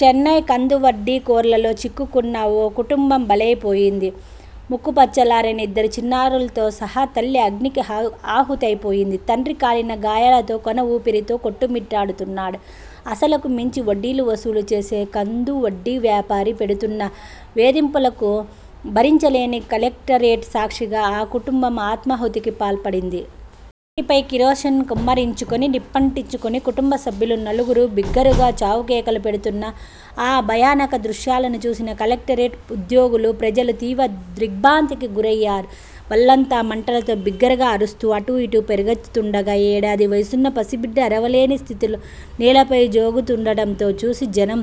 చెన్నై కందువడ్డీ కోరల్లో చిక్కుకున్న ఓ కుటుంబం బలైపోయింది. ముక్కుపచ్చలారని ఇద్దరు చిన్నారులు సహా తల్లి అగ్ని ఆహుతైపోయారు. తండ్రి కాలిన గాయాలతో కొన ఊపిరితో కొట్టు మిట్టాడుతున్నాడు. అసలకు మించి వడ్డీలు వసూలు చేసే కందువడ్డీ వ్యాపారి పెడుతున్న వేధింపులను భరించలేక కలెక్టరేట్ సాక్షిగా ఆ కుటుంబం ఆత్మాహుతియత్నానికి పాల్పడింది. వంటిపై కిరోసిన్ కుమ్మరించుకుని, నిప్పంటించు కుని కుటుంబ సభ్యులు నలుగురు బిగ్గరగా చావు కేకలు పెడుతున్న ఆ భయానక దృశ్యాలను చూసిన కలెక్టరేట్ ఉద్యోగులు, ప్రజలు తీవ్ర దిగ్ర్భాంతికి గురయ్యారు. వళ్లంతా మంటలతో బిగ్గరగా అరుస్తూ అటూ ఇటూ పరుగెత్తుతుండగా, యేడాది వయస్సున్న పసిబిడ్డ అరవలేని పరిస్థితిలో నేలపై జోగుతుండటం చూసిన జనం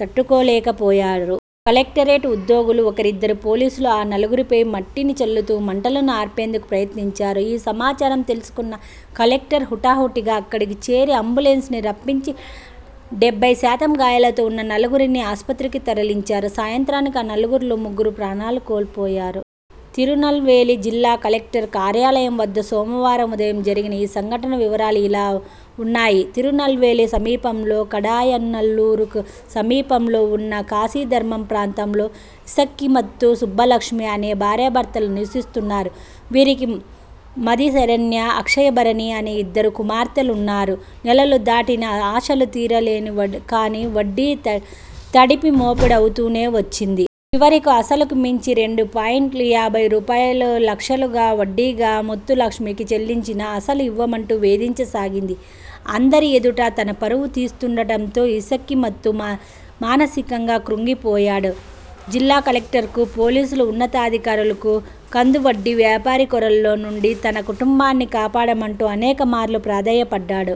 తట్టుకోలేకపోయారు. కలెక్టరేట్ ఉద్యోగులు, ఒకరిద్దరు పోలీసులు ఆ నలుగురిపై మట్టిని చల్లుతూ మంటలను ఆర్పేందుకు ప్రయత్నించారు. ఈ సమాచారం తెలుసుకున్న కలెక్టర్ హుటాహుటిన అక్కడికి చేరుకొని అంబులెన్స్ను రప్పించి డెబ్బై శాతం గాయాలతో ఉన్న నలుగురిని ఆస్పత్రికి తరలించారు. సాయంత్రానికి ఆ నలుగురిలో ముగ్గురు ప్రాణాలు కోల్పోయారు. తిరునల్వేలి జిల్లా కలెక్టర్ కార్యాలయం వద్ద సోమవారం ఉదయం జరిగిన ఈ సంఘటన వివరాలు ఇలా ఉన్నాయితిరునల్వేలి సమీపంలోని కడయనల్లూరుకు సమీపంలో వున్న కాశిధర్మం ప్రాంతంలో ఇసక్కిముత్తు, సుబ్బులక్ష్మి అనే భార్యాభర్తలు నివసిస్తున్నారు. వీరికి మది శరణ్య, అక్షయభరణి అనే ఇద్దరు కుమార్తెలు ఉన్నారు. నెలలు దాటినా అసలు తీరలేదు కానీ వడ్డీ తడిపి మోపెడవుతూ వచ్చింది. చివరకు అసలుకు మించి రెండు పాయింట్ యాభై రూపాయలులక్షలను వడ్డీగా ముత్తులక్ష్మికి చెల్లించినా, అసలు ఇవ్వమంటూ వేధించసాగింది. అందరి ఎదుట తన పరువు తీస్తుండటంతో ఇసక్కిముత్తు మానసికంగా క్రుంగిపోయాడు. జిల్లా కలెక్టర్కు, పోలీసు ఉన్నతాధికారులకు కందువడ్డీ వ్యాపారి కోరల్లో నుండి తన కుటుంబాన్ని కాపాడంటూ అనేకమార్లు ప్రాధేయపడ్డాడు.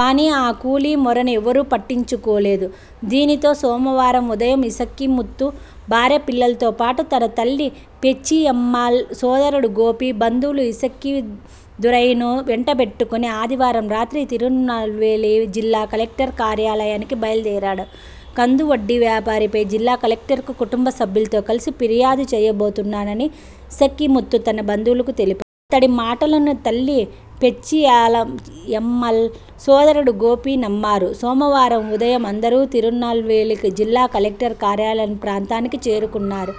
కానీ, ఆ కూలీ మొరను ఎవరూ పట్టించుకోలేదు. దీనితో సోమవారం ఉదయం ఇసక్కిముత్తు, భార్యాపిల్లలతోపాటు తన తల్లి పేచ్చియమ్మాళ్, సోదరుడు గోపి, బంధువు ఇసక్కిదురైను వెంటబెట్టుకుని ఆదివారం రాత్రి తిరునల్వేలి జిల్లా కలెక్టర్ కార్యాలయానికి బయలుదేరాడు. కందువడ్డీ వ్యాపారిపై జిల్లా కలెక్టర్కు కుటుంబసభ్యులతో కలిసి ఫిర్యాదు చేయబోతున్నానని ఇసక్కిముత్తు తన బంధువులకు తెలిపాడు. అతడి మాటలను తల్లి పేచ్చియమ్మాళ్, సోదరుడు గోపి నమ్మారు. సోమవారం ఉదయం అందరూ తిరునల్వేలి జిల్లా కలెక్టర్ కార్యాలయం ప్రాంతానికి చేరుకున్నారు.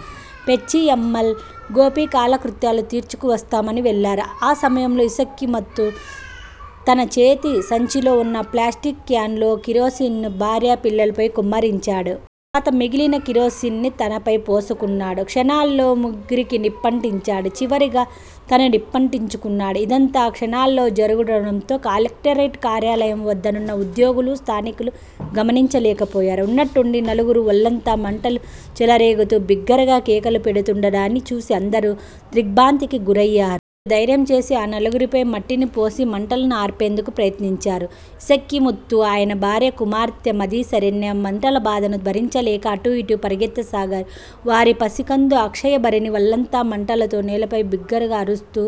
పేచ్చియమ్మాళ్, గోపీ కాలకృత్యాలు తీర్చుకువస్తామని వెళ్లారు. ఆ సమయంలో ఇసక్కిముత్తు తన చేతి సంచిలో ఉన్న ప్లాస్టిక్ క్యాన్లోని కిరోసిన్ను భార్య, పిల్లలపై కుమ్మరించాడు. ఆ తర్వాత మిగిలిన కిరోసిన్ను తనపై పోసుకున్నాడు. క్షణాలలో ముగ్గురికి నిప్పంటించాడు. చివరగా తనూ నిప్పంటించుకున్నాడు. ఇదంతా క్షణాల్లో జరుగటంతో కలెక్టర్ కార్యాలయం వద్దనున్న ఉద్యోగులు, స్థానికులు గమనించలేకపోయారు. ఉన్నట్టుండి నలుగురు వళ్లంతా మంటలు చెలరేగుతూ బిగ్గరగా కేకలు పెడుతుండటాన్ని చూసి అందరూ దిగ్ర్భాంతికి గురయ్యారు. కొందరు ధైర్యం చేసి ఆ నలుగురిపై మట్టిని పోసి మంటలను ఆర్పేందుకు ప్రయత్నించారు. ఇసక్కిముత్తు, ఆయన భార్య, కుమార్తె మది శరణ్య మంటల బాధను భరించలేక అటూ ఇటూ పరుగెత్తసాగారు. వారి పసికందు అక్షయభరణి వళ్లంతా మంటలతో నేలపై బిగ్గరగా అరుస్తూ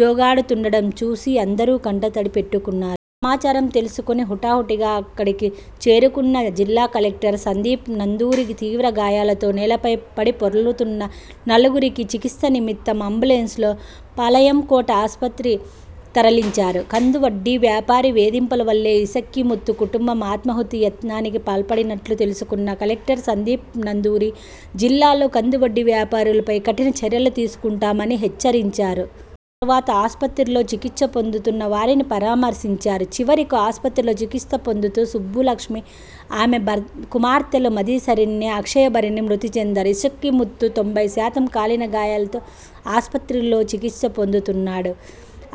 జోగాడుతుండటం చూసి అందరూ కంటతడి పెట్టుకున్నారు. ఈ సమాచారం తెలుసుకొని హుటా హుటిన అక్కడికి చేరుకున్న జిల్లా కలెక్టర్ సందీప్ నందూరీ తీవ్రగాయాలతో నేలపై పడిపొర్లుతున్న నలుగురినీ చికిత్స నిమత్తం అంబులెన్స్లో పాళయం కోట ప్రభుత్వ ఆస్పత్రికి తరలించారు. కందువడ్డీ వ్యాపారి వేధింపుల వల్లే ఇసక్కిముత్తు కుటుంబం ఆత్మాహుతి యత్నానికి పాల్పడినట్లు తెలుసుకున్న కలెక్టర్ సందీప్ నందూరీ జిల్లాలో కందువడ్డీ వ్యాపారులపై కఠిన చర్యలు తీసుకుంటామని హెచ్చరించారు. ఆ తర్వాత ఆస్పత్రిలో చికిత్స పొందుతున్న వారిని పరామర్శించారు. చివరకు ఆస్పత్రిలో చికిత్స పొందుతూ సుబ్బులక్ష్మి, ఆమె కుమార్తెలు మదిశరణ్య, అక్షయభరణి మృతి చెందారు. ఇసక్కి ముత్తు తొంభై శాతం కాలినగాయాలతో ఆస్పత్రిలో చికిత్స పొందుతున్నాడు.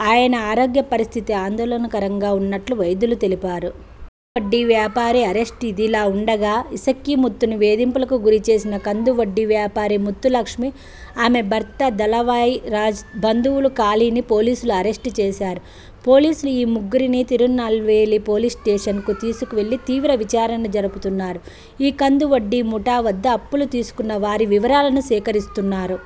ఆయన ఆరోగ్య పరిస్థితి ఆందోళనకరంగా ఉన్నట్లు వైద్యులు తెలిపారు. కందువడ్డీ వ్యాపారి అరెస్టుఇదిలా ఉండగా, ఇసక్కిముత్తును వేధింపులకు గురిచేసిన కందువడ్డీ వ్యాపారి ముత్తులక్ష్మి, ఆమె భర్త దళవాయ్ రాజ్, బంధువు కాళిని పోలీసులు అరెస్టు చేశారు. పోలీసులు ఈ ముగ్గురిని తిరునల్వేలి పోలీసుస్టేషన్కు తీసుకెళ్లి తీవ్ర విచారణ జరుపుతున్నారు. ఈ కందువడ్డీ ముఠా వద్ద అప్పులు తీసుకున్న వారి వివరాలను సేకరిస్తున్నారు.